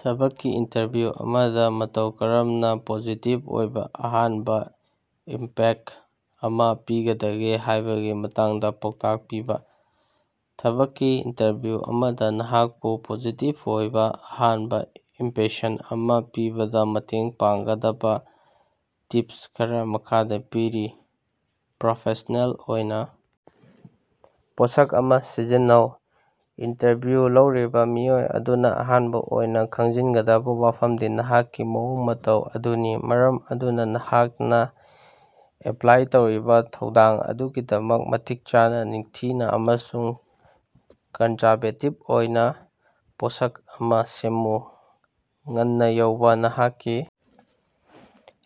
ꯊꯕꯛꯀꯤ ꯏꯟꯇꯔꯚ꯭ꯌꯨ ꯑꯃꯗ ꯃꯇꯧ ꯀꯔꯝꯅ ꯄꯣꯖꯤꯇꯤꯚ ꯑꯣꯏꯕ ꯑꯍꯥꯟꯕ ꯏꯝꯄꯦꯛꯇ ꯑꯃ ꯄꯤꯒꯗꯒꯦ ꯍꯥꯏꯕꯒꯤ ꯃꯇꯥꯡꯗ ꯄꯥꯎꯇꯥꯛ ꯄꯤꯕ꯫ ꯊꯕꯛꯀꯤ ꯏꯟꯇꯔꯚ꯭ꯌꯨ ꯑꯃꯗ ꯅꯍꯥꯛꯄꯨ ꯄꯣꯖꯤꯇꯤꯚ ꯑꯣꯏꯕ ꯑꯍꯥꯟꯕ ꯏꯝꯄꯦꯁꯟ ꯑꯃ ꯄꯤꯕꯗ ꯃꯇꯦꯡ ꯄꯥꯡꯒꯗꯕ ꯇꯤꯞꯁ ꯈꯔ ꯃꯈꯥꯗ ꯄꯤꯔꯤ: ꯄ꯭ꯔꯣꯐꯦꯁꯅꯦꯜ ꯑꯣꯏꯅ ꯄꯣꯠꯁꯛ ꯑꯃ ꯁꯤꯖꯤꯟꯅꯧ: ꯏꯟꯇꯔꯚꯤꯎ ꯂꯧꯔꯤꯕ ꯃꯤꯑꯣꯏ ꯑꯗꯨꯅ ꯑꯍꯥꯟꯕ ꯑꯣꯏꯅ ꯈꯪꯖꯤꯟꯒꯗꯕ ꯋꯥꯐꯝꯗꯤ ꯅꯍꯥꯛꯀꯤ ꯃꯑꯣꯡ-ꯃꯇꯧ ꯑꯗꯨꯅꯤ, ꯃꯔꯝ ꯑꯗꯨꯅ ꯅꯍꯥꯛꯅ ꯑꯦꯄ꯭ꯂꯥꯏ ꯇꯧꯔꯤꯕ ꯊꯧꯗꯥꯡ ꯑꯗꯨꯒꯤꯗꯃꯛ ꯃꯇꯤꯛ ꯆꯥꯅ, ꯅꯤꯡꯊꯤꯅ ꯑꯃꯁꯨꯡ ꯀꯟꯖꯔꯕꯦꯇꯤꯚ ꯑꯣꯏꯅ ꯄꯣꯠꯁꯛ ꯑꯃ ꯁꯦꯝꯃꯨ꯫ ꯉꯟꯅ ꯌꯧꯕ: ꯅꯍꯥꯛꯀꯤ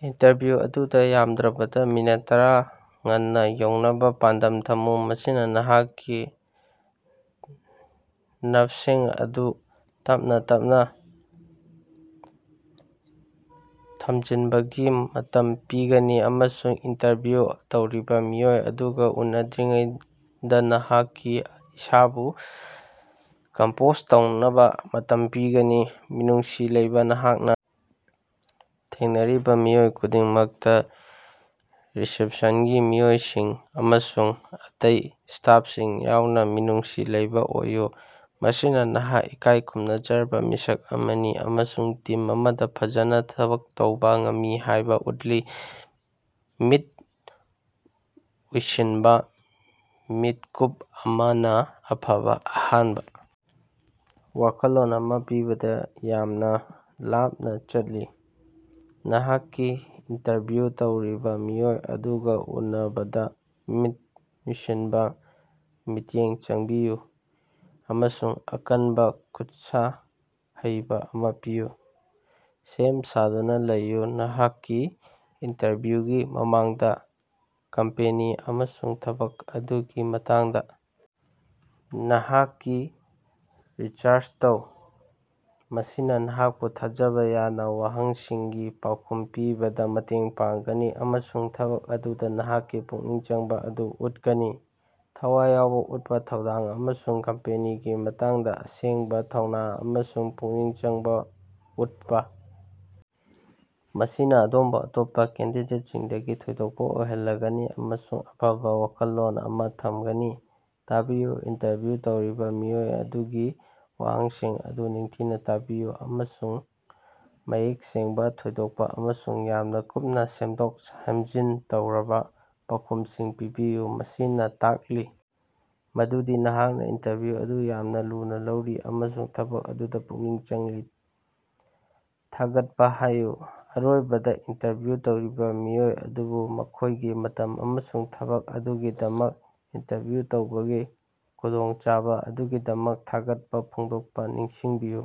ꯏꯟꯇꯔꯚꯤꯎ ꯑꯗꯨꯗ ꯌꯥꯝꯗ꯭ꯔꯕꯗ ꯃꯤꯅꯤꯠ ꯇꯔꯥ ꯉꯟꯅ ꯌꯧꯅꯕ ꯄꯥꯟꯗꯝ ꯊꯝꯃꯨ꯫ ꯃꯁꯤꯅ ꯅꯍꯥꯛꯀꯤ ꯅꯔꯚꯁꯤꯡ ꯑꯗꯨ ꯇꯞꯅꯥ ꯇꯞꯅꯥ ꯊꯃꯖꯤꯟꯕꯒꯤ ꯃꯇꯝ ꯄꯤꯒꯅꯤ ꯑꯃꯁꯨꯡ ꯏꯟꯇꯔꯚ꯭ꯌꯨ ꯇꯧꯔꯤꯕ ꯃꯤꯑꯣꯏ ꯑꯗꯨꯒ ꯎꯅꯗ꯭ꯔꯤꯉꯩꯗ ꯅꯍꯥꯛꯀꯤ ꯏꯁꯥꯕꯨ ꯀꯝꯄꯣꯖ ꯇꯧꯅꯕ ꯃꯇꯝ ꯄꯤꯒꯅꯤ꯫ ꯃꯤꯅꯨꯡꯁꯤ ꯂꯩꯕ: ꯅꯍꯥꯛꯅ ꯊꯦꯡꯅꯔꯤꯕ ꯃꯤꯑꯣꯏ ꯈꯨꯗꯤꯡꯃꯛꯇ, ꯔꯤꯁꯦꯞꯁꯟꯒꯤ ꯃꯤꯑꯣꯏꯁꯤꯡ ꯑꯃꯁꯨꯡ ꯑꯇꯩ ꯁ꯭ꯇꯥꯐꯁꯤꯡ ꯌꯥꯎꯅ, ꯃꯤꯅꯨꯡꯁꯤ ꯂꯩꯕ ꯑꯣꯏꯌꯨ꯫ ꯃꯁꯤꯅ ꯅꯍꯥꯛ ꯏꯀꯥꯏ ꯈꯨꯝꯅꯖꯔꯕ ꯃꯤꯁꯛ ꯑꯃꯅꯤ ꯑꯃꯁꯨꯡ ꯇꯤꯝ ꯑꯃꯗ ꯐꯖꯅ ꯊꯕꯛ ꯇꯧꯕ ꯉꯝꯃꯤ ꯍꯥꯏꯕ ꯎꯠꯂꯤ꯫ ꯃꯤꯠ ꯎꯏꯁꯤꯟꯕ: ꯃꯤꯠꯀꯨꯞ ꯑꯃꯅ ꯑꯐꯕ ꯑꯍꯥꯟꯕ ꯋꯥꯈꯜꯂꯣꯟ ꯑꯃ ꯄꯤꯕꯗ ꯌꯥꯃꯅ ꯂꯥꯞꯅ ꯆꯠꯂꯤ꯫ ꯅꯍꯥꯛꯀꯤ ꯏꯟꯇꯔꯚ꯭ꯌꯨ ꯇꯧꯔꯤꯕ ꯃꯤꯑꯣꯏ ꯑꯗꯨꯒ ꯎꯅꯕꯗ ꯃꯤꯠ ꯎꯏꯁꯤꯟꯕ, ꯃꯤꯠꯌꯦꯡ ꯆꯪꯕꯤꯌꯨ ꯑꯃꯁꯨꯡ ꯑꯀꯟꯕ ꯈꯨꯠꯁ ꯍꯩꯕ ꯑꯃ ꯄꯤꯌꯨ꯫ ꯁꯦꯝ ꯁꯥꯗꯨꯅ ꯂꯩꯌꯨ: ꯅꯍꯥꯛꯀꯤ ꯏꯟꯇꯔꯚ꯭ꯌꯨꯒꯤ ꯃꯃꯥꯡꯗꯥ ꯀꯝꯄꯦꯅꯤ ꯑꯃꯁꯨꯡ ꯊꯕꯛ ꯑꯗꯨꯒꯤ ꯃꯇꯥꯡꯗ ꯅꯍꯥꯛꯀꯤ ꯔꯤꯁꯔꯆ ꯇꯧ꯫ ꯃꯁꯤꯅ ꯅꯍꯥꯛꯄꯨ ꯊꯥꯖꯕ ꯌꯥꯅ ꯋꯥꯍꯪꯁꯤꯡꯒꯤ ꯄꯥꯎꯈꯨꯝ ꯄꯤꯕꯗ ꯃꯇꯦꯡ ꯄꯥꯡꯒꯅꯤ ꯑꯃꯁꯨꯡ ꯊꯕꯛ ꯑꯗꯨꯗ ꯅꯍꯥꯛꯀꯤ ꯄꯨꯛꯅꯤꯡ ꯆꯪꯕ ꯑꯗꯨ ꯎꯠꯀꯅꯤ꯫ ꯊꯋꯥꯏ ꯌꯥꯎꯕ ꯎꯠꯄ: ꯊꯧꯗꯥꯡ ꯑꯃꯁꯨꯡ ꯀꯝꯄꯦꯅꯤꯒꯤ ꯃꯇꯥꯡꯗ ꯑꯁꯦꯡꯕ ꯊꯧꯅ ꯑꯃꯁꯨꯡ ꯄꯨꯛꯅꯤꯡ ꯆꯪꯕ ꯎꯠꯄ꯫ ꯃꯁꯤꯅ ꯑꯗꯣꯝꯕꯨ ꯑꯇꯣꯞꯄ ꯀꯦꯟꯗꯤꯗꯦꯠꯁꯤꯡꯗꯒꯤ ꯊꯣꯏꯗꯣꯛꯄ ꯑꯣꯏꯍꯜꯂꯒꯅꯤ ꯑꯃꯁꯨꯡ ꯑꯐꯕ ꯋꯥꯈꯜꯂꯣꯟ ꯑꯃ ꯊꯝꯒꯅꯤ꯫ ꯇꯥꯕꯤꯌꯨ: ꯏꯟꯇꯔꯚ꯭ꯌꯨ ꯇꯧꯔꯤꯕ ꯃꯤꯑꯣꯏ ꯑꯗꯨꯒꯤ ꯋꯥꯍꯪꯁꯤꯡ ꯑꯗꯨ ꯅꯤꯡꯊꯤꯅ ꯇꯥꯕꯤꯌꯨ ꯑꯃꯁꯨꯡ ꯃꯌꯦꯛ ꯁꯦꯡꯕ, ꯊꯣꯏꯗꯣꯛꯄ ꯑꯃꯁꯨꯡ ꯌꯥꯝꯅ ꯀꯨꯞꯅ ꯁꯦꯝꯗꯣꯛ-ꯁꯦꯝꯖꯤꯟ ꯇꯧꯔꯕ ꯄꯥꯎꯈꯨꯝꯁꯤꯡ ꯄꯤꯕꯤꯌꯨ꯫ ꯃꯁꯤꯅ ꯇꯥꯛꯂꯤ ꯃꯗꯨꯗꯤ ꯅꯍꯥꯛꯅ ꯏꯟꯇꯔꯚ꯭ꯌꯨ ꯑꯗꯨ ꯌꯥꯝꯅ ꯂꯨꯅ ꯂꯧꯔꯤ ꯑꯃꯁꯨꯡ ꯊꯕꯛ ꯑꯗꯨꯗ ꯄꯨꯛꯅꯤꯡ ꯆꯪꯂꯤ꯫ ꯊꯥꯒꯠꯄ ꯍꯥꯏꯌꯨ: ꯑꯔꯣꯏꯕꯗ ꯏꯟꯇꯔꯚ꯭ꯌꯨ ꯇꯧꯔꯤꯕ ꯃꯤꯑꯣꯏ ꯑꯗꯨꯕꯨ ꯃꯈꯣꯏꯒꯤ ꯃꯇꯝ ꯑꯃꯁꯨꯡ ꯊꯕꯛ ꯑꯗꯨꯒꯤꯗꯃꯛ ꯏꯟꯇꯔꯚ꯭ꯌꯨ ꯇꯧꯕꯒꯤ ꯈꯨꯗꯣꯡꯆꯥꯕ ꯑꯗꯨꯒꯤꯗꯃꯛ ꯊꯥꯒꯠꯄ ꯐꯣꯡꯗꯣꯛꯄ ꯅꯤꯡꯁꯤꯡꯕꯤꯌꯨ꯫